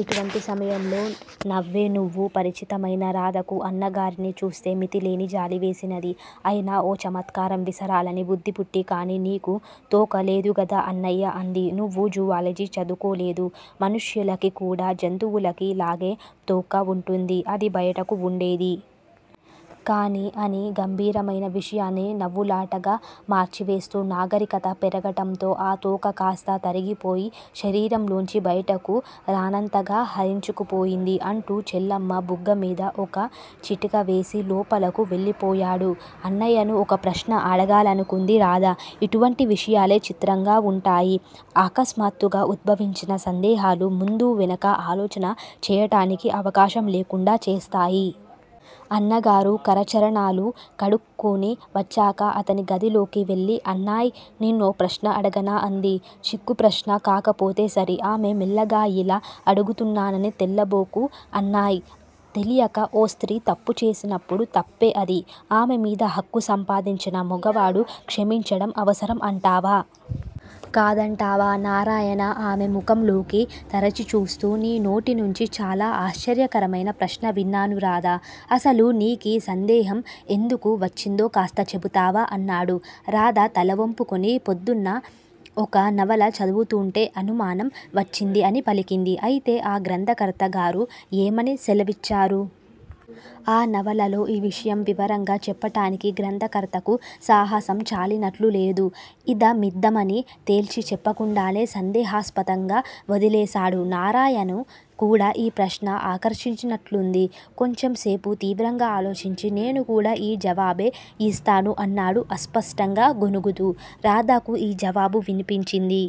ఇటువంటి సమయంలో నవ్వే నువ్వు పరిచితమైన రాధకు అన్నగారిని చూస్తే మితిలేని జాలి వేసినది. అయినా ఓ చమత్కారం విసరాలని బుద్ధిపుట్టి కాని నీకు తోకలేదుగదా అన్నయ్యా అంది. నువ్వు జుఆలజీ చదువుకోలేదు మనుష్యులకి కూడా జంతువులకి లాగే తోక వుంటుంది. అది బయటకు వుండేది. కాని అని గంభీరమైన విషయాన్ని నవ్వులాటగా మర్చివేస్తూ నాగరికత పెరగటంతో ఆ తోక కాస్త తరిగిపోయి శరీరంలోంచి బయటకు రానంతగా హరించుకుపోయింది. అంటూ చెల్లెమ్మ బుగ్గమీద ఒక చిటికవేసి లోపలకు వెళ్ళిపోయాడు. అన్నయ్యను ఒక ప్రశ్న అడగాలనుకుంది రాధ. ఇటువంటి విషయాలే చిత్రంగా వుంటాయి. ఆకస్మాత్తుగా ఉద్భవించిన సందేహాలు ముందూ వెనకా ఆలోచన చేయటానికి అవకాశం లేకుండా చేస్తాయి. అన్నగారు కరచరణాలు కడుక్కొని వచ్చాక అతని గదిలోకి వెళ్ళి అన్నాయ్, నిన్నో ప్రశ్న అడగనా? అంది. చిక్కు ప్రశ్న కాకపోతే సరి! ఆమె మెల్లగా యిలా అడుగుతున్నానని తెల్లబోకు అన్నాయ్. తెలియక ఓ స్త్రీ తప్పుచేసినప్పుడు-- తప్పే అది. ఆమెమీద హక్కు సంపాదించిన మొగవాడు క్షమించడం అవసరం అంటావా? కాదంటావా? నారాయణ ఆమె ముఖంలోకి తరిచి చూస్తూ నీ నోటి నుంచి చాలా ఆశ్చర్యకరమైన ప్రశ్న విన్నాను రాధా! అసలు నీకి సందేహం ఎందుకు వచ్చిందో కాస్త చెబుతావా? అన్నాడు. రాధ తలవొంపుకుని పొద్దున్న ఒక నవల చదువుతూంటే అనుమానం వచ్చింది అని పలికింది. అయితే, ఆ గ్రంథకర్తగారు యేమని సెలవిచ్చారు? ఆ నవలలో ఈ విషయం వివరంగా చెప్పటానికి గ్రంథకర్తకు సాహసం చాలినట్లు లేదు. ఇదమిద్ధమని తేల్చి చెప్పకుండానే సందేహాస్పదంగా వొదిలేసేడు. నారాయను కూడా ఈ ప్రశ్న ఆకర్షించినట్లుంది; కొంచెంసేపు తీవ్రంగా ఆలోచించి నేను కూడా ఆ జవాబే యిస్తాను అన్నాడు అస్పష్టంగా గొణుగుతూ. రాధాకు ఈ జవాబు వినిపించింది.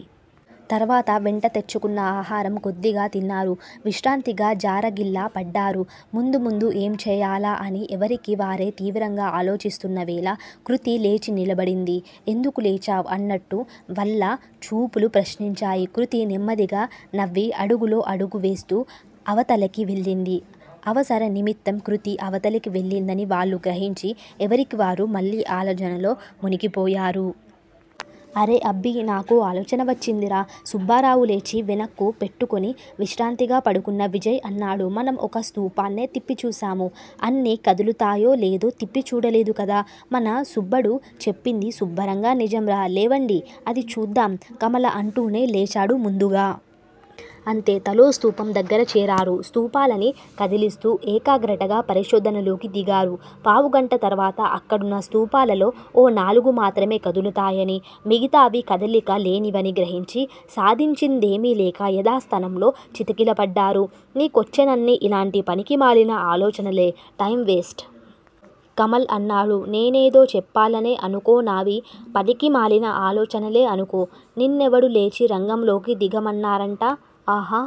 తర్వాత వెంట తెచ్చుకున్న ఆహారం కొద్దిగా తిన్నారు. విశ్రాంతిగా జారగిల్ల పడ్డారు. ముందు ముందు ఏం చెయ్యాలా అని ఎవరికీ వారే తీవ్రంగా ఆలోచిస్తున్న వేళ కృతి లేచి నిలబడింది. ఎందుకు లేచావ్? అన్నట్టు వల్ల చూపులు ప్రశ్నించాయి. కృతి నెమ్మదిగా నవ్వి అడుగులో అడుగు వేస్తూ అవతలకి వెళ్ళింది అవసర నిమిత్తం కృతి అవతలికి వెళ్ళిందని వాళ్ళు గ్రహించి ఎవరికి వారు మళ్ళీ ఆలోజనలో మునిగిపోయారు. అరే అబ్బీ! నాకో ఆలోచన వచ్చిందిరా! సుబ్బారావు లేచి వెనక్కు పెట్టుకుని విశ్రాంతిగా పడుకున్న విజయ్ అన్నాడు. మనం ఒక స్థూపాన్నే తిప్పి చూశాము. అన్నీ కదులుతాయో లేదో తిప్పి చూడలేదుకదా? మన సుబ్బడు చెప్పింది సుబ్బరంగా నిజంరా. లేవండి. అదీ చూద్దాం కమల అంటూనే లేచాడు ముందుగా. అంతే, తలో స్థూపం దగ్గర చేరారు. స్థూపాలని కదిలిస్తూ ఏకాగ్రటగా పరిశోధనలోకి దిగారు. పావుగంట తర్వాత అక్కడున్న స్థూపాలలో ఓ నాలుగు మాత్రమే కదులుతాయని మిగతావి కదలిక లేనివని గ్రహించి సాధించిందేమి లేక యదాస్థానంలో చతికిలబడ్డారు. నీ కొచ్చేనన్నీ ఇలాంటి పనికిమాలిన ఆలోచనలే. Time waste. కమల్ అన్నాడు. నేనేదోచెప్పాలనే అనుకో నావి పనికిమాలిన ఆలోచనలేఅనుకో. నిన్నేవడు లేచి రంగంలోకి దిగమన్నారంట? ఆహా